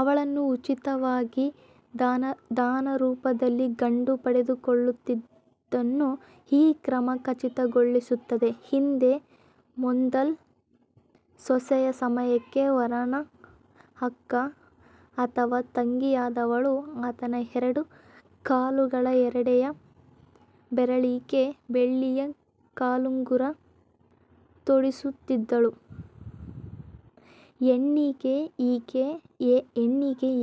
ಅವಳನ್ನು ಉಚಿತವಾಗಿ ದಾನರೂಪದಲ್ಲಿ ಗಂಡು ಪಡೆದುಕೊಳ್ಳುತ್ತಿದ್ದುದನ್ನು ಈ ಕ್ರಮ ಖಚಿತಗೊಳಿಸುತ್ತದೆ. ಹಿಂದೆ ಮೋಂದಲ್ ಸೇಸೆಯ ಸಮಯಕ್ಕೆ ವರನ ಅಕ್ಕ ಅಥವಾ ತಂಗಿಯಾದವಳು ಆತನ ಎರಡೂ ಕಾಲುಗಳ ಎರಡೆಯ ಬೆರಳಿಗೆ ಬೆಳ್ಳಿಯ ಕಾಲುಂಗುರ ತೊಡಿಸುತ್ತಿದ್ದಳು. ಹೆಣ್ಣಿಗೆ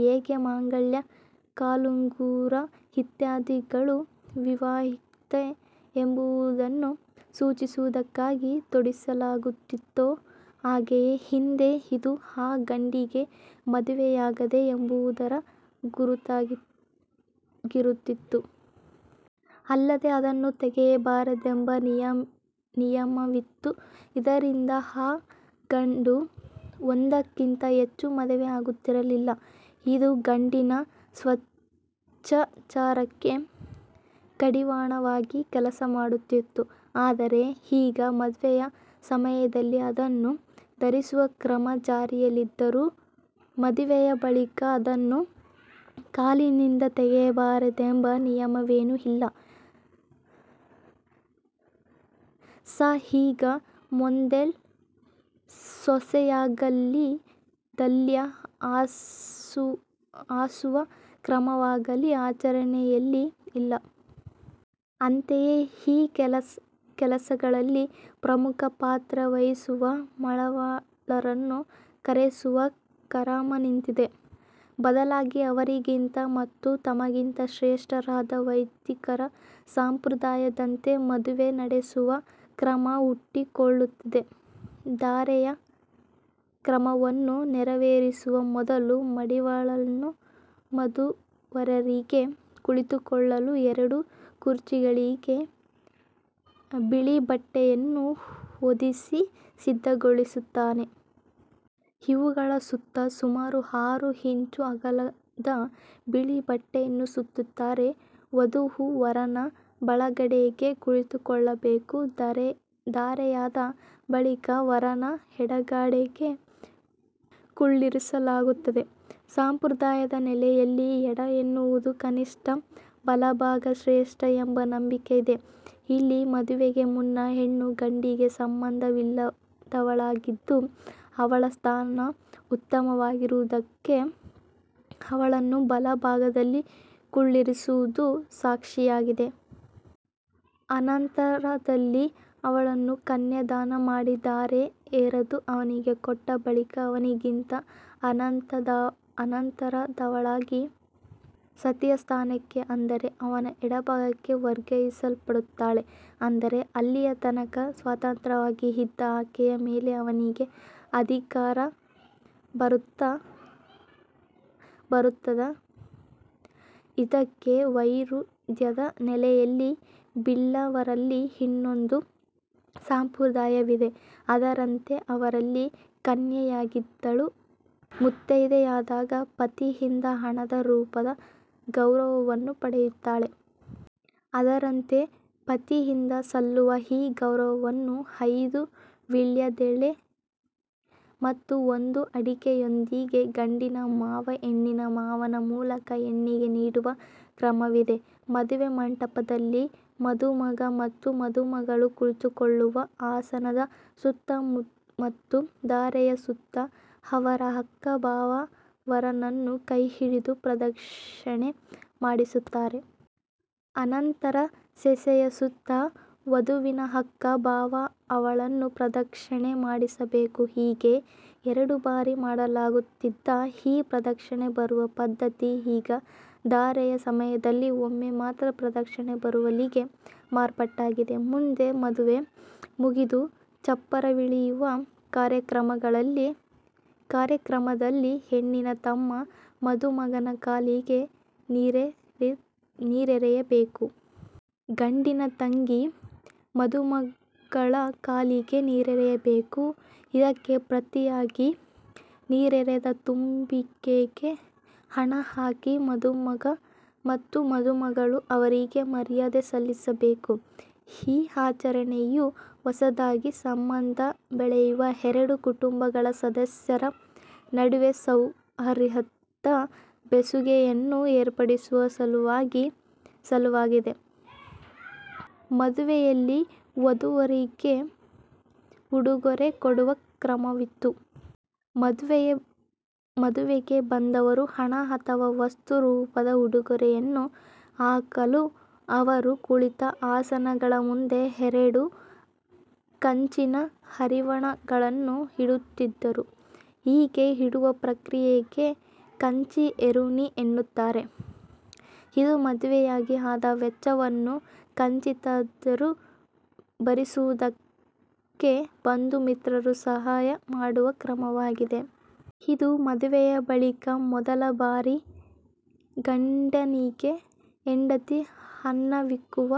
ಹೇಗೆ ಮಾಂಗಲ್ಯ, ಕಾಲುಂಗುರ ಇತ್ಯಾದಿಗಳು ವಿವಾಹಿತೆ ಎಂಬುದನ್ನು ಸೂಚಿಸುವುದಕ್ಕಾಗಿ ತೊಡಿಸಲಾಗುತ್ತಿತ್ತೋ ಹಾಗೆಯೇ ಹಿಂದೆ ಇದು ಆ ಗಂಡಿಗೆ ಮದುವೆಯಾಗಿದೆ ಎಂಬುದರ ಗುರುತಾಗಿರುತ್ತಿತ್ತು. ಅಲ್ಲದೆ ಅದನ್ನು ತೆಗೆಯಬಾರದೆಂಬ ನಿಯಮವಿತ್ತು. ಇದರಿಂದ ಆ ಗಂಡು ಒಂದಕ್ಕಿಂತ ಹೆಚ್ಚು ಮದುವೆ ಆಗುತ್ತಿರಲಿಲ್ಲ. ಇದು ಗಂಡಿನ ಸ್ವೇಚ್ಚಾಚಾರಕ್ಕೆ ಕಡಿವಾಣವಾಗಿ ಕೆಲಸ ಮಾಡುತ್ತಿತ್ತು. ಆದರೆ ಈಗ ಮದುವೆಯ ಸಮಯದಲ್ಲಿ ಅದನ್ನು ಧರಿಸುವ ಕ್ರಮ ಜಾರಿಯಲ್ಲಿದ್ದರೂ ಮದುವೆಯ ಬಳಿಕ ಅದನ್ನು ಕಾಲಿನಿಂದ ತೆಗೆಯಬಾರದೆಂಬ ನಿಯಮವೇನೂ ಇಲ್ಲ. ಸ ಈಗ ಮೋಂದೆಲ್ ಸೇಸೆಯಾಗಲೀ ದಲ್ಯ ಹಾಸುವ ಕ್ರಮವಾಗಲೀ ಆಚರಣೆಯಲ್ಲಿ ಇಲ್ಲ. ಅಂತೆಯೇ ಈ ಕೆಲಸಗಳಲ್ಲಿ ಪ್ರಮುಖ ಪಾತ್ರ ವಹಿಸುವ ಮಡಿವಾಳರನ್ನು ಕರೆಸುವ ಕರಮ ನಿಂತಿದೆ. ಬದಲಾಗಿ ಅವರಿಗಿಂತ ಮತ್ತು ತಮಗಿಂತ ಶ್ರೇಷ್ಠರಾದ ವೈದಿಕರ ಸಂಪ್ರದಾಯದಂತೆ ಮದುವೆ ನಡೆಸುವ ಕ್ರಮ ಹುಟ್ಟಿಕೊಳ್ಳುತ್ತಿದೆ. ಧಾರೆಯ ಕ್ರಮವನ್ನು ನೆರೆವೇರಿಸುವ ಮೊದಲು ಮಡಿವಾಳನು ವಧೂವರರಿಗೆ ಕುಳಿತುಕೊಳ್ಳಲು ಎರಡು ಕುರ್ಚಿಗಳಿಗೆ ಬಿಳಿಬಟ್ಟೆಯನ್ನು ಹೊದಿಸಿ ಸಿದ್ಧಗೊಳಿಸುತ್ತಾನೆ. ಇವುಗಳ ಸುತ್ತ ಸುಮಾರು ಆರು ಇಂಚು ಅಗಲದ ಬಿಳಿಬಟ್ಟೆಯನ್ನು ಸುತ್ತುತ್ತಾರೆ. ವಧುವು ವರನ ಬಲಗಡೆಗೆ ಕುಳಿತುಕೊಳ್ಳಬೇಕು. ಧಾರೆಯಾದ ಬಳಿಕ ವರನ ಎಡಗಡೆಗೆ ಕುಳ್ಳಿರಿಸಲಾಗುತ್ತದೆ. ಸಂಪ್ರದಾಯದ ನೆಲೆಯಲ್ಲಿ ಎಡ ಎನ್ನುವುದು ಕನಿಷ್ಠ, ಬಲಭಾಗ ಶ್ರೇಷ್ಠ ಎಂಬ ನಂಬಿಕೆ ಇದೆ. ಇಲ್ಲಿ ಮದುವೆಗೆ ಮುನ್ನ ಹೆಣ್ಣು ಗಂಡಿಗೆ ಸಂಬಂಧವಿಲ್ಲದವಳಾಗಿದ್ದು, ಅವಳ ಸ್ಥಾನ ಉತ್ತಮವಾಗಿರುವುದಕ್ಕೆ ಅವಳನ್ನು ಬಲಭಾಗದಲ್ಲಿ ಕುಳ್ಳಿರಿಸುವುದು ಸಾಕ್ಷಿಯಾಗಿದೆ. ಅನಂತರದಲ್ಲಿ ಅವಳನ್ನು ಕನ್ಯಾಧಾನ ಮಾಡಿ ಧಾರೆ ಎರದು ಅವನಿಗೆ ಕೊಟ್ಟ ಬಳಿಕ ಅವನಿಗಿಂತ ಅನಂತರದವಳಾಗಿ ಸತಿಯ ಸ್ಥಾನಕ್ಕೆ ಅಂದರೆ ಅವನ ಎಡಭಾಗಕ್ಕೆ ವರ್ಗಾಯಿಸಲ್ಪಡುತ್ತಾಳೆ. ಅಂದರೆ ಅಲ್ಲಿಯತನಕ ಸ್ವತಂತ್ರವಾಗಿ ಇದ್ದ ಆಕೆಯ ಮೇಲೆ ಅವನಿಗೆ ಅಧಿಕಾರ ಬರುತ್ತದ. ಇದಕ್ಕೆ ವೈರುಧ್ಯದ ನೆಲೆಯಲ್ಲಿ ಬಿಲ್ಲವರಲ್ಲಿ ಇನ್ನೊಂದು ಸಂಪ್ರದಾಯವಿದೆ. ಅದರಂತೆ ಅವರಲ್ಲಿ ಕನ್ಯೆಯಾಗಿದ್ದವಳು ಮುತ್ತೈದೆಯಾದಾಗ ಪತಿಯಿಂದ ಹಣದ ರೂಪದ ಗೌರವವನ್ನು ಪಡೆಯುತ್ತಾಳೆ. ಅದರಂತೆ ಪತಿಯಿಂದ ಸಲ್ಲುವ ಈ ಗೌರವವನ್ನು ಐದು ವೀಳ್ಯದೆಲೆ ಮತ್ತು ಒಂದು ಅಡಿಕೆಯೊಂದಿಗೆ ಗಂಡಿನ ಮಾವ ಹೆಣ್ಣಿನ ಮಾವನ ಮೂಲಕ ಹೆಣ್ಣಿಗೆ ನೀಡುವ ಕ್ರಮವಿದೆ. ಮದುವೆ ಮಂಟಪದಲ್ಲಿ ಮದುಮಗ ಮತ್ತು ಮದುಮಗಳು ಕುಳಿತುಕೊಳ್ಳುವ ಆಸನದ ಸುತ್ತ ಮತ್ತು ಧಾರೆಯ ಸುತ್ತ ಅವರ ಅಕ್ಕ-ಭಾವ ವರನನ್ನು ಕೈಹಿಡಿದು ಪ್ರದಕ್ಷಿಣೆ ಮಾಡಿಸುತ್ತಾರೆ. ಅನಂತರ ಸೇಸೆಯ ಸುತ್ತ ವಧುವಿನ ಅಕ್ಕ ಭಾವ ಅವಳನ್ನು ಪ್ರದಕ್ಷಿಣೆ ಮಾಡಿಸಬೇಕು. ಹೀಗೆ ಎರಡು ಬಾರಿ ಮಾಡಲಾಗುತ್ತಿದ್ದ ಈ ಪ್ರದಕ್ಷಿಣೆ ಬರುವ ಪದ್ಧತಿ ಈಗ ಧಾರೆಯ ಸಮಯದಲ್ಲಿ ಒಮ್ಮೆ ಮಾತ್ರ ಪ್ರದಕ್ಷಿಣೆ ಬರುವಲ್ಲಿಗೆ ಮಾರ್ಪಾಟಾಗಿದೆ. ಮುಂದೆ ಮದುವೆ ಮುಗಿದು ಚಪ್ಪರವಿಳಿಯುವ ಕಾರ್ಯಕ್ರಮದಲ್ಲಿ ಹೆಣ್ಣಿನ ತಮ್ಮ ಮದುಮಗನ ಕಾಲಿಗೆ ನೀರೆರೆಯಬೇಕು. ಗಂಡಿನ ತಂಗಿ ಮದುಮಗಳ ಕಾಲಿಗೆ ನೀರೆರೆಯಬೇಕು. ಇದಕ್ಕೆ ಪ್ರತಿಯಾಗಿ ನೀರೆರೆದ ತಂಬಿಗೆಗೆ ಹಣ ಹಾಕಿ ಮದುಮಗ ಮತ್ತು ಮದುಮಗಳು ಅವರಿಗೆ ಮರ್ಯಾದೆ ಸಲ್ಲಿಸಬೇಕು. ಈ ಆಚರಣೆಯು ಹೊಸದಾಗಿ ಸಂಬಂಧ ಬೆಳೆಸುವ ಎರಡು ಕುಟುಂಬಗಳ ಸದಸ್ಯರ ನಡುವೆ ಸೌಹಾರ್ದದ ಬೆಸುಗೆಯನ್ನು ಏರ್ಪಡಿಸುವ ಸಲುವಾಗಿದೆ. ಮದುವೆಯಲ್ಲಿ ವಧೂವರರಿಗೆ ಉಡುಗೊರೆ ಕೊಡುವ ಕ್ರಮವಿತ್ತು. ಮದುವೆಗೆ ಬಂದವರು ಹಣ ಅಥವಾ ವಸ್ತು ರೂಪದ ಉಡುಗೊರೆಯನ್ನು ಹಾಕಲು ಅವರು ಕುಳಿತ ಆಸನಗಳ ಮುಂದೆ ಎರಡು ಕಂಚಿನ ಹರಿವಾಣಗಳನ್ನು ಇಡುತ್ತಿದ್ದರು. ಹೀಗೆ ಇಡುವ ಪ್ರಕ್ರಿಯೆಗೆ ಕಂಚಿ ಏರುನಿ ಎನ್ನುತ್ತಾರೆ. ಇದು ಮದುವೆಯಾಗಿ ಆದ ವೆಚ್ಚವನ್ನು ಕಿಂಚಿತ್ತಾದರೂ ಭರಿಸುವುದಕ್ಕೆ ಬಂಧು- ಮಿತ್ರರು ಸಹಾಯ ಮಾಡುವ ಕ್ರಮವಾಗಿದೆ. ಇದು ಮದುವೆಯ ಬಳಿಕ ಮೊದಲ ಬಾರಿ ಗಂಡನಿಗೆ ಹೆಂಡತಿ ಅನ್ನವಿಕ್ಕುವ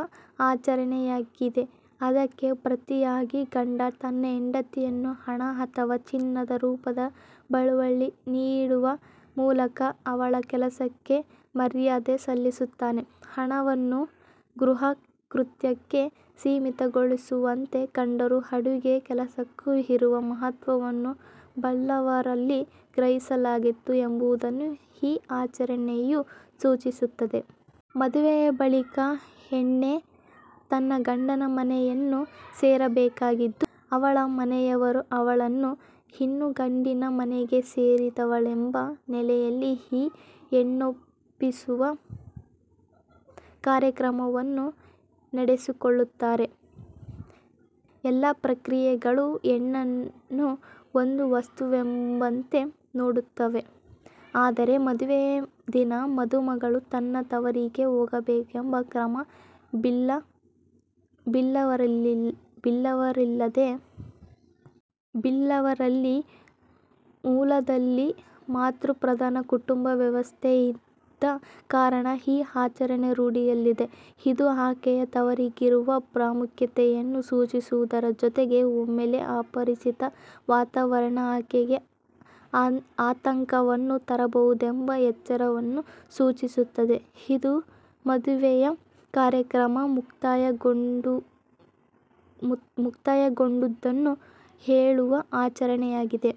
ಆಚರಣೆಯಾಗಿದೆ. ಅದಕ್ಕೆ ಪ್ರತಿಯಾಗಿ ಗಂಡ ತನ್ನ ಹೆಂಡತಿಯನ್ನು ಹಣ ಅಥವಾ ಚಿನ್ನದ ರೂಪದ ಬಳುವಳಿ ನೀಡುವ ಮೂಲಕ ಅವಳ ಕೆಲಸಕ್ಕೆ ಮರ್ಯಾದೆ ಸಲ್ಲಿಸುತ್ತಾನೆ. ಹೆಣ್ಣನ್ನು ಗೃಹಕೃತ್ಯಕ್ಕೆ ಸೀಮಿತಗೊಳಿಸುವಂತೆ ಕಂಡರೂ ಅಡುಗೆ ಕೆಲಸಕ್ಕೂ ಇರುವ ಮಹತ್ವವನ್ನು ಬಿಲ್ಲವರಲ್ಲಿ ಗ್ರಹಿಸಲಾಗಿತ್ತು ಎಂಬುದನ್ನು ಈ ಆಚರಣೆಯು ಸೂಚಿಸುತ್ತದೆ. ಮದುವೆಯ ಬಳಿಕ ಹೆಣ್ಣೆ ತನ್ನ ಗಂಡನ ಮನೆಯನ್ನು ಸೇರಬೇಕಾಗಿದ್ದು, ಅವಳ ಮನೆಯವರು ಅವಳನ್ನು ಇನ್ನು ಗಂಡಿನ ಮನೆಗೆ ಸೇರಿದವಳೆಂಬ ನೆಲೆಯಲ್ಲಿ ಈ ಹೆಣ್ಣೊಪ್ಪಿಸುವ ಕಾರ್ಯಕ್ರಮವನ್ನು ನಡೆಸಿಕೊಳ್ಳುತ್ತಾರೆ. ಎಲ್ಲ ಪ್ರಕ್ರಿಯೆಗಳು ಹೆಣ್ಣನ್ನು ಒಂದು ವಸ್ತುವೆಂಬಂತೆ ನೋಡುತ್ತವೆ. ಆದರೆ ಮದುವೆಯ ದಿನ ಮದುಮಗಳು ತನ್ನ ತವರಿಗೇ ಹೋಗಬೇಕೆಂಬ ಕ್ರಮ ಬಿಲ್ಲವರಲ್ಲಿದೆ. ಬಿಲ್ಲವರಲ್ಲಿ ಮೂಲದಲ್ಲಿ ಮಾತೃಪ್ರಧಾನ ಕುಟುಂಬ ವ್ಯವಸ್ಥೆಯಿದ್ದ ಕಾರಣ ಈ ಆಚರಣೆ ರೂಢಿಯಲ್ಲಿದೆ. ಇದು ಆಕೆಯ ತವರಿಗಿರುವ ಪ್ರಾಮುಖ್ಯತೆಯನ್ನು ಸೂಚಿಸುವುದರ ಜೊತೆಗೆ ಒಮ್ಮೆಲೇ ಅಪರಿಚಿತ ವಾತಾವರಣ ಆಕೆಗೆ ಆತಂಕವನ್ನು ತರಬಹುದೆಂಬ ಎಚ್ಚರವನ್ನೂ ಸೂಚಿಸುತ್ತದೆ. ಇದು ಮದುವೆಯ ಕಾರ್ಯಕ್ರಮ ಮುಕ್ತಾಯಗೊಂಡುದನ್ನು ಹೇಳುವ ಆಚರಣೆಯಾಗಿದೆ.